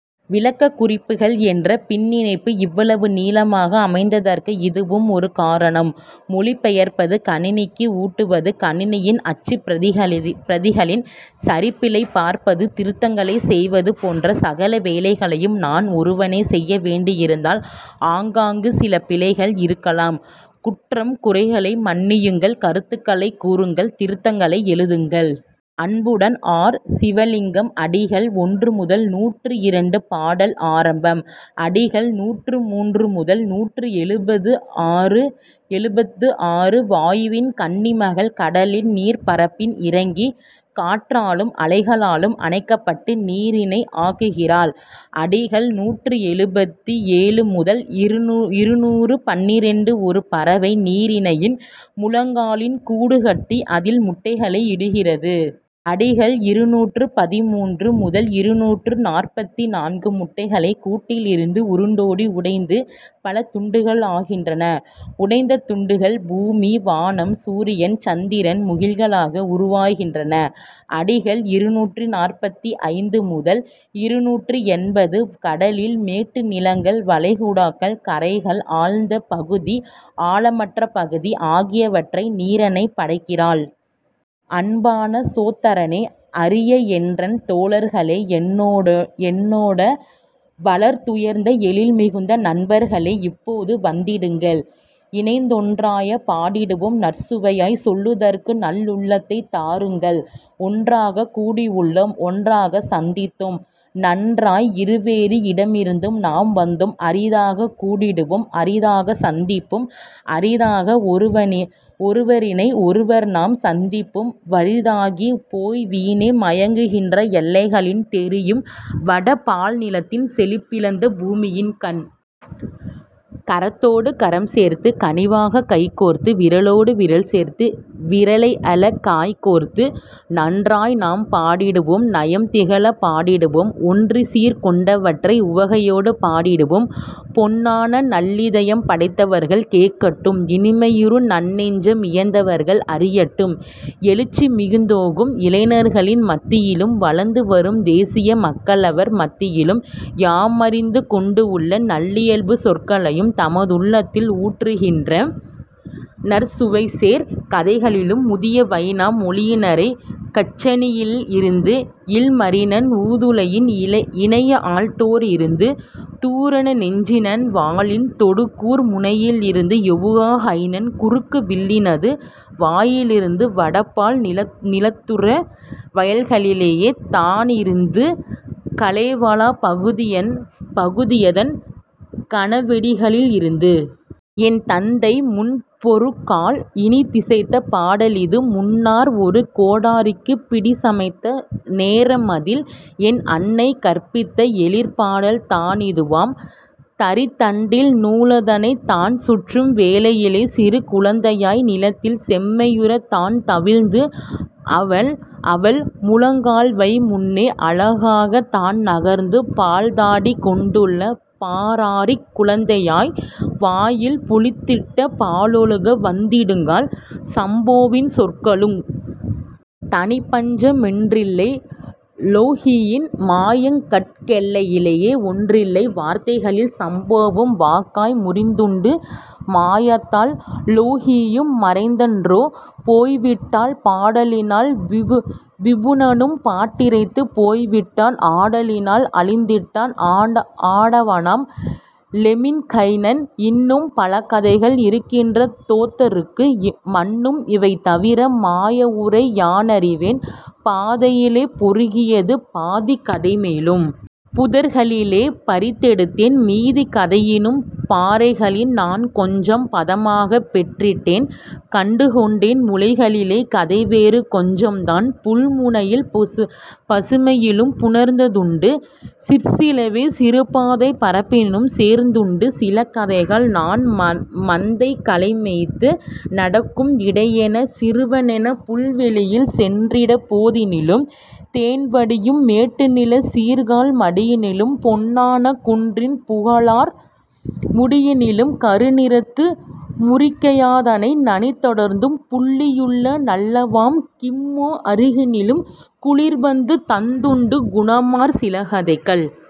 விளக்கக் குறிப்புகள் என்ற பின்னிணைப்பு இவ்வளவு நீளமாக அமைந்ததற்கு இதுவும் ஒரு காரணம். மொழிபெயர்ப்பது கணினிக்கு ஊட்டுவது கணினியின் அச்சுப் பிரதிகளில் சரிபிழை பார்ப்பது திருத்தங்களை செய்வது போன்ற சகல வேலைகளையும் நான் ஒருவனே செய்ய வேண்டியிருந்தால் ஆங்காங்கு சில பிழைகள் இருக்கலாம். குற்றம் குறைகளை மன்னியுங்கள் கருத்துகளைக் கூறுங்கள் திருத்தங்களை எழுதுங்கள். அன்புடன் ஆர். சிவலிங்கம் அடிகள் ஒன்று முதல் நூற்று இரண்டு பாடல் ஆரம்பம். அடிகள் நூற்று மூன்று முதல் நூற்று எழுபது ஆறு எழுபத்துஆறு வாயுவின் கன்னிமகள் கடலின் நீர்ப் பரப்பில் இறங்கி காற்றாலும் அலைகளாலும் அணைக்கப்பட்டு நீரனை ஆக்குகிறாள். அடிகள் நூற்று எழுபது ஏழு முதல் இருநூற்று பன்னிரண்டு ஒரு பறவை நீரனையின் முழங்காலில் கூடு கட்டி அதில் முட்டைகளை இடுகிறது. அடிகள் இருநூற்று பதிமூன்று முதல் இருநூற்று நாற்பத்து நான்கு முட்டைகளை கூட்டிலிருந்து உருண்டோடி உடைந்து பல துண்டுகளாகின்றன உடைந்த துண்டுகள் பூமி வானம் சூரியன் சந்திரன் முகில்களாக உருவாகின்றன. அடிகள் இருநூற்று நாற்பத்து ஐந்து முதல் இருநூற்று எண்பது கடலில் மேட்டு நிலங்கள் வளைகுடாக்கள் கரைகள் ஆழ்ந்த பகுதி ஆழமற்ற பகுதி ஆகியவற்றை நீரன்னை படைக்கிறாள். அன்பான சோதரனே அரியஎன்றன் தோழர்களே என்னோடே என்னோடே வளர்துயர்ந்த எழில்மிகுந்த நண்பர்களே இப்போது வந்திடுங்கள் இணைந்தொன்றாயப் பாடிடுவோம் நற்சுவையாய்ச் சொல்லுதற்கு நல்லுள்ளத்தைத் தாருங்கள் ஒன்றாகக் கூடியுள்ளோம் ஒன்றாகச் சந்தித்தோம் நன்றாய் இருவேறு இடமிருந்து நாம் வந்தோம் அரிதாகக் கூடிடுவோம் அரிதாகச் சந்திப்போம் அரிதாக ஒருவரினை ஒருவர்நாம் சந்திப்போம் வறிதாகிப் போய்வீணே மயங்குகின்ற எல்லைகளில் தெரியும்வட பால்நிலத்தில் செழிப்பிழந்த பூமியின்கண். கரத்தோடு கரம்சேர்த்துக் கனிவாகக் கைகோர்த்து விரலோடு விரல்சேர்த்து விரலையழ காய்க்கோர்த்து நன்றாய்நாம் பாடிடுவோம் நயம்திகழப் பாடிடுவோம் ஒன்றிச்சீர் கொண்டவற்றை உவகையோடு பாடிடுவோம் பொன்னான நல்லிதயம் படைத்தவர்கள் கேட்கட்டும் இனிமையுறு நன்நெஞ்சம் இயைந்தவர்கள் அறியட்டும் எழுச்சி மிகுந்தோங்கும் இளைஞர்களின் மத்தியிலும் வளர்ந்துவரும் தேசிய மக்களவர் மத்தியிலும் யாமறிந்து கொண்டுள்ள நல்லியல்புச் சொற்களையும் நமதுள்ளத்தில் ஊற்றுகின்ற நற்சுவைசேர் கதைகளிலும் முதியவைனா மொயினனரைக் கச்சணியில் இருந்து இல்மரினன் ஊதுலையின் இனைய ஆழ்த்தோயிருந்து தூரநெஞ்சினன் வாளின் தொடுகூர் முனையிருந்து யொவுகாஹைநன் குறுக்கு வில்லினது வாயிலிருந்து வடபால் நிலத்துற்ற வயல்களிலே தானிருந்து கலேவலாப் பகுதியதன் கனவெளிகளில்லிருந்து. என்தந்தை முன்பொருகால் இனிதிசைத்த பாடலிது முன்னர்ஒரு கோடரிக்குப் பிடிசமைத்த நேரமதில் என்அன்னை கற்பித்த எழிற்பாடல் தானிதுவாம் தறித்தண்டில் நூலதனைத் தான்சுற்றும் வேளையிலே சிறுகுழந்தையாய் நிலத்தில் செம்மையுறத் தான்தவழ்ந்து அவள் அவள் முழங்காலவைமுன்னே அழகாகத் தான்நகர்ந்து பால்தாடி கொண்டுள்ள பராரிக் குழந்தையாய் வாயில் புளித்திட்ட பாலொழுக வந்திடுங்கால். சம்போவின் சொற்களுக்குத் தனிப்பஞ்ச மென்றில்லை லொவ்ஹியின் மாயங்கட்கெல்லையே ஒன்றில்லை: வார்த்தைகளில் சம்போவும் வாகாய் முதிர்ந்துண்டு மாயத்தால் லொவ்ஹியும் மறைந்தன்றோ போய்விட்டாள் பாடலினால் விபுனனும் பட்டிறந்து போய்விட்டான் ஆடலினால் அழிந்திட்டான் ஆடவனாம் லெமின்கைனன் இன்னும் பலகதைகள் இருக்கின்ற தோதுதற்கு மன்னும் இவைதவிர மாயவுரை யானறிவேன் பாதையிலே பொறுக்கியது பாதிக் கதைமேலும் புதர்களிலே பறித்தெடுத்தேன் மீதிக் கதையினும் பற்றைகளில் நான்கொஞ்சம் பதமாகப் பெற்றிட்டேன் கண்டுகொண்டேன் முளைகளிலே கதைவேறு கொஞ்சந்தான் புல்முனையின் பசுமையிலும் புணர்ந்ததுண்டு சிற்சிலவே சிறுப்பாதைப் பரப்பிலும் சேர்ந்துண்டு சிலகதைகள் நான் மந்தை கலை மேய்த்து நடக்கும் இடையனென சிறுவனெனப் புல்வெளியில் சென்றிட்ட போதினிலும் தேன்வடியும் மேட்டுநிலச் சீர்சால் மடியினிலும் பொன்னான குன்றின் புகழார் முடியினிலும் கருநிறத்து முரிக்கியதனை நனிதொடர்ந்தும் புள்ளியுள்ள நல்லாவாம் கிம்மோ அருகினிலும். குளிர்வந்து தந்துண்டு குணமார் சிலகதைகள்